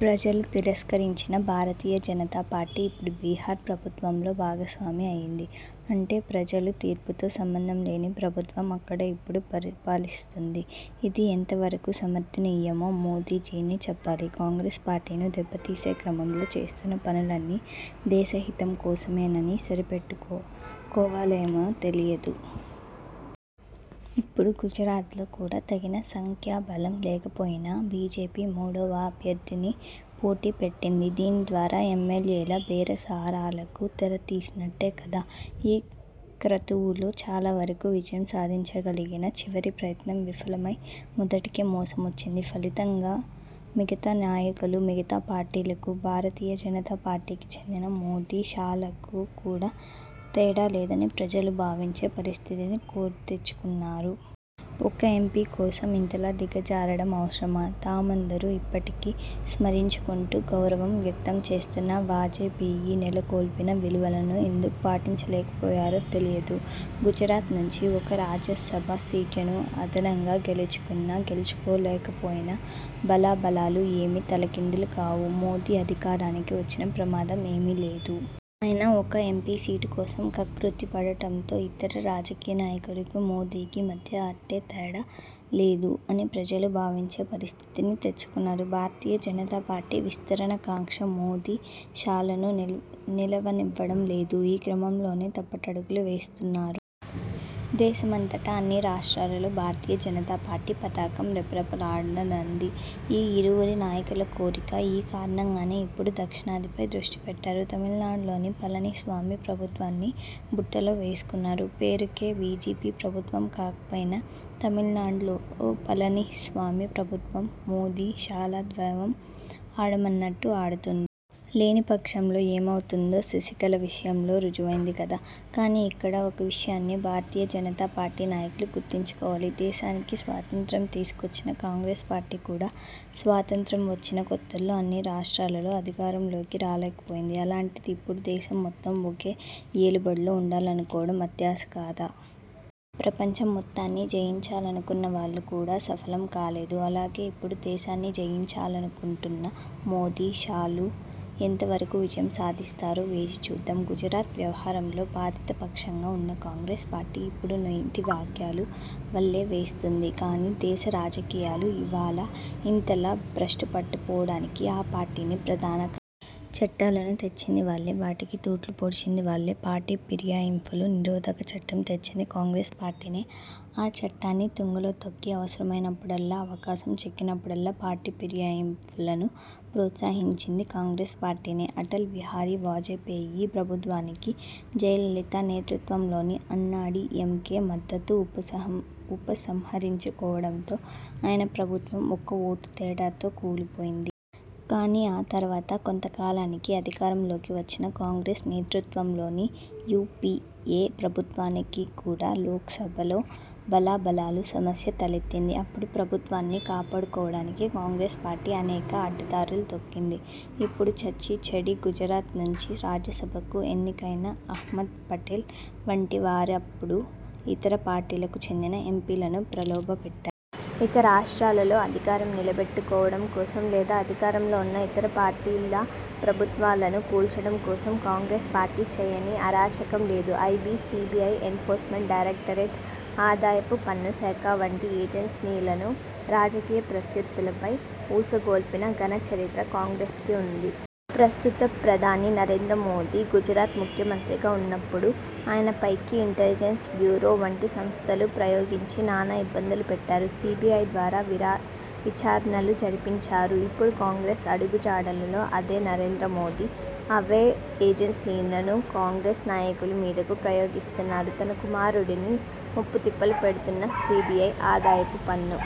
ప్రజలు తిరస్కరించిన భారతీయ జనతా పార్టీ ఇప్పుడు బిహార్ ప్రభుత్వంలో భాగస్వామి అయ్యింది. అంటే ప్రజల తీర్పుతో సంబంధం లేని ప్రభుత్వం అక్కడ ఇప్పుడు పరిపాలిస్తోంది. ఇది ఎంతవరకు సమర్థనీయమో మోదీజీనే చెప్పాలి. కాంగ్రెస్ పార్టీని దెబ్బతీసే క్రమంలో చేస్తున్న పనులన్నీ దేశహితం కోసమేనని సరిపెట్టుకోవాలేమో తెలియదు. ఇప్పుడు గుజరాత్లో కూడా తగిన సంఖ్యాబలం లేకపోయినా బీజేపీ మూడవ అభ్యర్థిని పోటీ పెట్టింది. దీని ద్వారా ఎమ్మెల్యేల బేరసారాలకు తెర తీసినట్టే కదా! ఈ క్రతువులో చాలావరకు విజయం సాధించగలిగినా చివరి ప్రయత్నం విఫలమై మొదటికే మోసం వచ్చింది. ఫలితంగా మిగతా నాయకులకు, మిగతా పార్టీలకు, భారతీయ జనతా పార్టీకి చెందిన మోదీ, షాలకు కూడా తేడా లేదని ప్రజలు భావించే పరిస్థితిని కోరి తెచ్చుకున్నారు. ఒక్క ఎంపీ కోసం ఇంతలా దిగజారడం అవసరమా? తామందరూ ఇప్పటికీ స్మరించుకుంటూ గౌరవం వ్యక్తంచేస్తున్న వాజపేయి నెలకొల్పిన విలువలను ఎందుకు పాటించలేకపోయారో తెలియదు. గుజరాత్ నుంచి ఒక్క రాజ్యసభ సీటును అదనంగా గెలుచుకున్నా, గెల్చుకోకపోయినా బలాబలాలు ఏమీ తలకిందులు కావు. మోదీ అధికారానికి వచ్చిన ప్రమాదం ఏమీ లేదు. అయినా ఒక్క ఎంపీ సీటు కోసం కక్కుర్తి పడటంతో ఇతర రాజకీయ నాయకులకు, మోదీకి మధ్య అట్టే తేడా లేదు అని ప్రజలు భావించే పరిస్థితిని తెచ్చుకున్నారు. భారతీయ జనతా పార్టీ విస్తరణ కాంక్ష మోదీ, షాలను నిలవనివ్వడం లేదు. ఈ క్రమంలోనే తప్పటడుగులు వేస్తున్నారు. దేశమంతటా అన్ని రాష్ర్టాలలో భారతీయ జనతాపార్టీ పతాకం రెపరెపలాడాలన్నది ఈ ఇరువురి నాయకుల కోరిక! ఈ కారణంగానే ఇప్పుడు దక్షిణాదిపై దృష్టిపెట్టారు. తమిళనాడులో పళనిస్వామి ప్రభుత్వాన్ని బుట్టలో వేసుకున్నారు. పేరుకు బీజేపీ ప్రభుత్వం కాకపోయినా తమిళనాడులో పళనిస్వామి ప్రభుత్వం మోదీ, షాల ద్వయం ఆడమన్నట్టు ఆడుతోంది. లేని పక్షంలో ఏమవుతుందో శశికళ విషయంలో రుజువైంది కదా! కానీ ఇక్కడ ఒక్క విషయాన్ని భారతీయ జనతా పార్టీ నాయకులు గుర్తుంచుకోవాలి. దేశానికి స్వాతంత్య్రం తీసుకువచ్చిన కాంగ్రెస్ పార్టీ కూడా స్వాతంత్య్రం వచ్చిన కొత్తలో అన్ని రాస్ట్రాలలో అధికారం లోకి రాలేక పోయింది. అలాంటిది ఇప్పుడు దేశం మొత్తం ఒకే ఏలుబడిలో ఉండాలనుకోవడం అత్యాశ కాదా! ప్రపంచం మొత్తాన్ని జయించాలనుకున్నవాళ్లు కూడా సఫలం కాలేదు. అలాగే ఇప్పుడు దేశాన్ని జయించాలనుకుంటున్న మోదీ, షాలు ఎంత వరకు విజయం సాధిస్తారో వేచి చూద్దాం. గుజరాత్ వ్యవహారంలో బాధిత పక్షంగా ఉన్న కాంగ్రెస్ పార్టీ ఇప్పుడు నీతి వాక్యాలు వల్లె వేస్తోంది గానీ దేశ రాజకీయాలు ఇవ్వాళ ఇంతలా భ్రష్టుపట్టిపోవడానికి ఆ పార్టీనే ప్రధాన చట్టాలను తెచ్చిందీ వాళ్లే, వాటికి తూట్లు పొడిచిందీ వాళ్లే! పార్టీ ఫిరాయింపుల నిరోధక చట్టం తెచ్చింది కాంగ్రెస్ పార్టీనే! ఆ చట్టాన్ని తుంగలో తొక్కి అవసరమైనప్పుడల్లా, అవకాశం చిక్కినప్పుడల్లా పార్టీ ఫిరాయింపులను ప్రోత్సహించిందీ కాంగ్రెస్ పార్టీనే! అటల్ బిహారి వాజపేయి ప్రభుత్వానికి జయలలిత నేతృత్వంలోని అన్నాడీఎంకే మద్దతు ఉపసంహరించుకోవడంతో ఆయన ప్రభుత్వం ఒక్క ఓటు తేడాతో కూలి పోయింది. కానీ ఆ తర్వాత కొంత కాలానికి అధికారం లోకి వచ్చిన కాంగ్రెస్ నేతృత్వంలోని యూపీఏ ప్రభుత్వానికి కూడా లోక్సభలో బలాబలాల సమస్య తలెత్తింది. అప్పుడు ప్రభుత్వాన్ని కాపాడుకోవడానికి కాంగ్రెస్ పార్టీ అనేక అడ్డ దారులు తొక్కింది. ఇప్పుడు చచ్చీ చెడీ గుజరాత్ నుంచి రాజ్యసభకు ఎన్నికైన అహ్మద్ పటేల్ వంటి వారే అప్పుడు ఇతర పార్టీలకు చెందిన ఎంపీలను ప్రలోభ పెట్టారు. ఇక రాస్ట్రాలలో అధికారం నిలబెట్టు కోవడం కోసం లేదా అధికారంలో ఉన్న ఇతర పార్టీల ప్రభుత్వాలను కూల్చడం కోసం కాంగ్రెస్ పార్టీ చేయని అరాచకం లేదు. ఐబీ, సీబీఐ, ఎన్ఫోర్స్మెంట్ డైరెక్టరేట్, ఆదాయపు పన్ను శాఖ వంటి ఏజెన్సీలను రాజకీయ ప్రత్యర్థులపై ఉసిగొల్పిన ఘన చరిత్ర కాంగ్రెస్కు ఉంది. ప్రస్తుత ప్రధాని నరేంద్ర మోదీ గుజరాత్ ముఖ్యమంత్రిగా ఉన్నప్పుడు ఆయన పైకి ఇంటెలిజెన్స్ బ్యూరో వంటి సంస్థలను ప్రయోగించి నానా ఇబ్బందులు పెట్టారు. సీబీఐ ద్వారా విచారణలు జరిపించారు. ఇప్పుడు కాంగ్రెస్ అడుగు జాడలలో అదే నరేంద్ర మోదీ, అవే ఏజెన్సీలను కాంగ్రెస్ నాయకుల మీదకు ప్రయోగిస్తున్నారు. తన కుమారుడిని ముప్పు తిప్పలు పెడుతున్న సీబీఐ, ఆదాయపు పన్ను